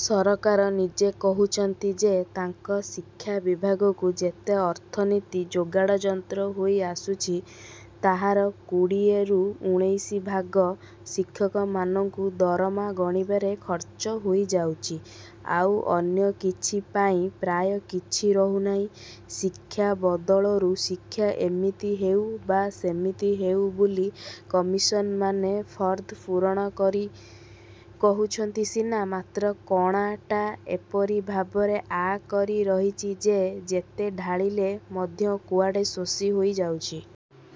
ସରକାର ନିଜେ କହୁଛନ୍ତି ଯେ, ତାଙ୍କ ଶିକ୍ଷାବିଭାଗକୁ ଯେତେ ଅର୍ଥନିଧି ଯୋଗାଡ଼ଯନ୍ତ୍ର ହୋଇ ଆସୁଛି, ତାହାର କୋଡ଼ିଏରୁ ଉଣେଇଶି ଭାଗ ଶିକ୍ଷକମାନଙ୍କୁ ଦରମା ଗଣିବାରେ ଖର୍ଚ୍ଚ ହୋଇ ଯାଉଛି। ଆଉ ଅନ୍ୟ କିଛି ପାଇଁ ପ୍ରାୟ କିଛି ରହୁନାହିଁ। ଶିକ୍ଷା ବଦଳୁ, ଶିକ୍ଷା ଏମିତି ହେଉ ବା ସେମିତି ହେଉ ବୋଲି କମିଶନମାନେ ଫର୍ଦ୍ଦ ପୂରଣ କରି କହୁଛନ୍ତି ସିନା, ମାତ୍ର କଣାଟା ଏପରି ଭାବରେ ଆଁ କରି ରହିଛି ଯେ, ଯେତେ ଢାଳିଲେ ମଧ୍ୟ କୁଆଡ଼େ ଶୋଷି ହୋଇଯାଉଛି।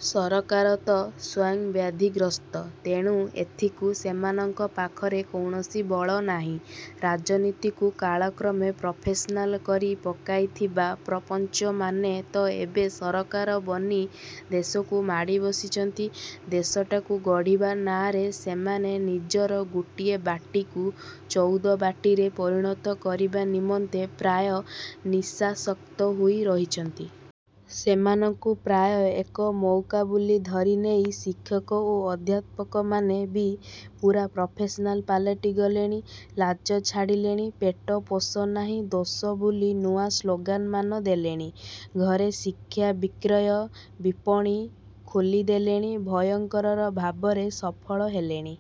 ସରକାର ତ ସ୍ୱୟଂ ବ୍ୟାଧିଗ୍ରସ୍ତ, ତେଣୁ ଏଥିକୁ ସେମାନଙ୍କ ପାଖରେ କୌଣସି ବଳ ନାହିଁ-। ରାଜନୀତିକୁ କାଳକ୍ରମେ ପ୍ରଫେସନାଲ୍ କରି ପକାଇଥିବା ପ୍ରପଞ୍ଚମାନେ ତ ଏବେ ସରକାର ବନି ଦେଶକୁ ମାଡ଼ି ବସିଛନ୍ତି। ଦେଶଟାକୁ ଗଢ଼ିବା ନାଆଁରେ ସେମାନେ ନିଜର ଗୋଟିଏ ବାଟିକୁ ଚଉଦ ବାଟିରେ ପରିଣତ କରିବା ନିମନ୍ତେ ପ୍ରାୟ ନିଶାସକ୍ତ ହୋଇ ରହିଛନ୍ତି। ସେମାନଙ୍କୁ ପ୍ରାୟ ଏକ ମଉକା ବୋଲି ଧରିନେଇ ଶିକ୍ଷକ ଓ ଅଧ୍ୟାପକମାନେ ବି ପୂରା ପ୍ରଫେସନାଲ୍ ପାଲଟି ଗଲେଣି-। ଲାଜ ଛାଡ଼ିଲେଣି। ପେଟ ପୋଷ ନାହିଁ ଦୋଷ ବୋଲି ନୂଆ ସ୍ଲୋଗାନମାନ ଦେଲେଣି। ଘରେ ଶିକ୍ଷା ବିକ୍ରିର ବିପଣି ଖୋଲିଦେଲେଣି। ଭୟଙ୍କର ଭାବରେ ସଫଳ ହେଲେଣି।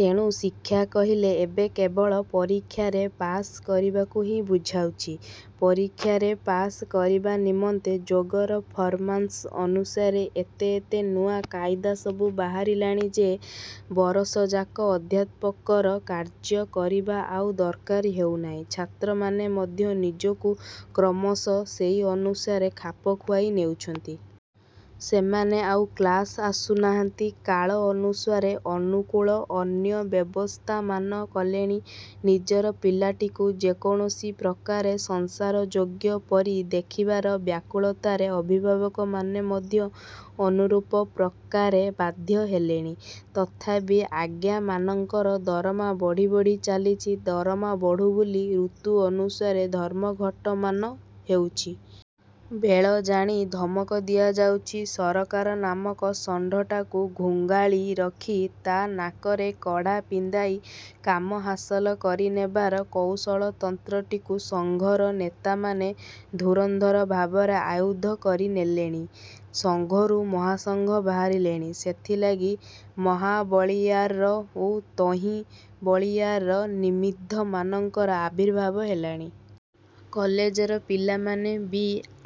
ତେଣୁ ଶିକ୍ଷା କହିଲେ ଏବେ କେବଳ ପରୀକ୍ଷାରେ ପାସ୍ କରିବାକୁ ହିଁ ବୁଝାଉଛି। ପରୀକ୍ଷାରେ ପାସ୍ କରିବା ନିମନ୍ତେ ଯୁଗର ଫରମାସ୍ ଅନୁସାରେ ଏତେ ଏତେ ନୂଆ କାଇଦା ସବୁ ବାହାରିଲାଣି ଯେ, ବରଷଯାକ ଅଧ୍ୟାପକର କାର୍ଯ୍ୟ କରିବା ଆଉ ଦରକାର ହେଉନାହିଁ। ଛାତ୍ରମାନେ ମଧ୍ୟ ନିଜକୁ କ୍ରମଶଃ ସେହି ଅନୁସାରେ ଖାପ ଖୁଆଇ ନେଉଛନ୍ତି। ସେମାନେ ଆଉ କ୍ଲାସ୍କୁ ଆସୁନାହାନ୍ତି। କାଳ ଅନୁସାରେ ଅନୁକୂଳ ଅନ୍ୟ ବ୍ୟବସ୍ଥାମାନ କଲେଣି। ନିଜର ପିଲାଟିକୁ ଯେକୌଣସି। ପ୍ରକାରେ ସଂସାରଯୋଗ୍ୟ ପରି ଦେଖିବାର ବ୍ୟାକୁଳତାରେ ଅଭିଭାବକମାନେ ମଧ୍ୟ ଅନୁରୂପ ପ୍ରକାରେ ବାଧ୍ୟ ହେଲେଣି। ତଥାପି ଆଜ୍ଞାମାନଙ୍କର ଦରମା ବଢ଼ି ବଢ଼ି ଚାଲିଛି। ଦରମା ବଢୁ ବୋଲି ଋତୁ ଅନୁସାରେ ଧର୍ମଘଟମାନ ହେଉଛି। ବେଳ ଜାଣି ଧମକ ଦିଆଯାଉଛି। ସରକାର ନାମକ ଷଣ୍ଢଟାକୁ ଘୁଙ୍ଗାଳି ରଖି ତା ନାକରେ କଡ଼ା ପିନ୍ଧାଇ କାମ ହାସଲ କରିନେବାର କୌଶଳତନ୍ତ୍ରଟିକୁ ସଂଘର ନେତାମାନେ ଧୁରନ୍ଧର ଭାବରେ ଆୟତ୍ତ କରିନେଲେଣି। ସଂଘରୁ ମହାସଂଘ ବାହାରିଲେଣି। ସେଥିଲାଗି ମହାବଳୀୟାର ଓ ତହୁଁ ବଳୀୟାର ନିମିତ୍ତମାନଙ୍କର ଆବିର୍ଭାବ ହେଲାଣି। କଲେଜର ପିଲାମାନେ ବି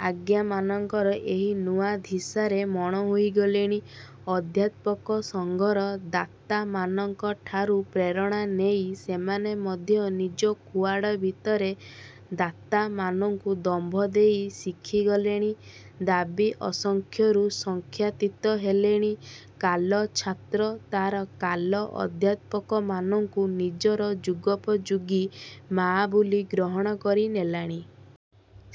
ଆଜ୍ଞାମାନଙ୍କର ଏହି ନୂଆ ଧିସାରେ ମଣ ହୋଇଗଲେଣି। ଅଧ୍ୟାପକ ସଂଘର ଦାଦାମାନଙ୍କ ଠାରୁ ପ୍ରେରଣା ନେଇ ସେମାନେ ମଧ୍ୟ ନିଜ ଖୁଆଡ଼ ଭିତରେ ଦାଦାମାନଙ୍କୁ ଦମ୍ଭ ଦେଇ ଶିଖିଗଲେଣି। ଦାବି ଅସଂଖ୍ୟରୁ ସଂଖ୍ୟାତୀତ ହେଲାଣି। କାଲ ଛାତ୍ର ତାର କାଲ ଅଧ୍ୟାପକମାନଙ୍କୁ ନିଜର ଯୁଗୋପଯୋଗୀ ମାଆ ବୋଲି ଗ୍ରହଣ କରିନେଲାଣି।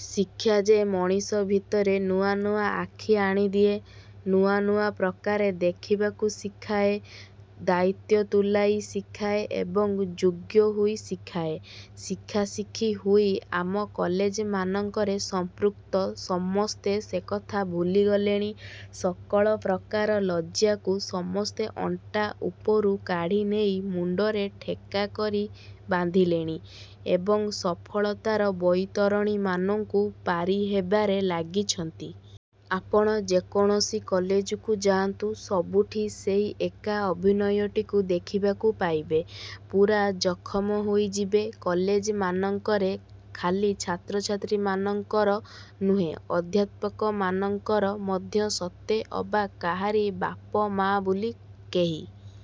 ଶିକ୍ଷା ଯେ ମଣିଷ ଭିତରେ ନୂଆ ନୂଆ ଆଖି ଆଣିଦିଏ, ନୂଆ ନୂଆ ପ୍ରକାରେ ଦେଖିବାକୁ ଶିଖାଏ, ଦାୟିତ୍ୱ ତୁଲାଇ ଶିଖାଏ ଏବଂ ଯୋଗ୍ୟ ହୋଇ ଶିଖାଏ, ଶିଖାଶିଖି ହୋଇ ଆମ କଲେଜମାନଙ୍କରେ ସମ୍ପୃକ୍ତ ସମସ୍ତେ ସେକଥା ଭୁଲିଗଲେଣି। ସକଳ ପ୍ରକାର ଲଜ୍ଜାକୁ ସମସ୍ତେ ଅଣ୍ଟା ଉପରୁ କାଢ଼ି ନେଇ ମୁଣ୍ଡରେ ଠେକା କରି ବାନ୍ଧିଲେଣି ଏବଂ ସଫଳତାର ବୈତରଣୀମାନଙ୍କୁ ପାରିହେବାରେ ଲାଗିଛନ୍ତି। ଆପଣ ଯେକୌଣସି କଲେଜକୁ ଯାଆନ୍ତୁ, ସବୁଠି ସେହି ଏକା ଅଭିନୟଟିକୁ ଦେଖିବାକୁ ପାଇବେ। ପୂରା ଜଖମ ହୋଇଯିବେ। କଲେଜମାନଙ୍କରେ ଖାଲି ଛାତ୍ରଛାତ୍ରୀମାନଙ୍କର ନୁହେଁ, ଅଧ୍ୟାପକମାନଙ୍କର ମଧ୍ୟ ସତେ ଅବା କାହାରି ବାପମାଆ ବୋଲି କେହି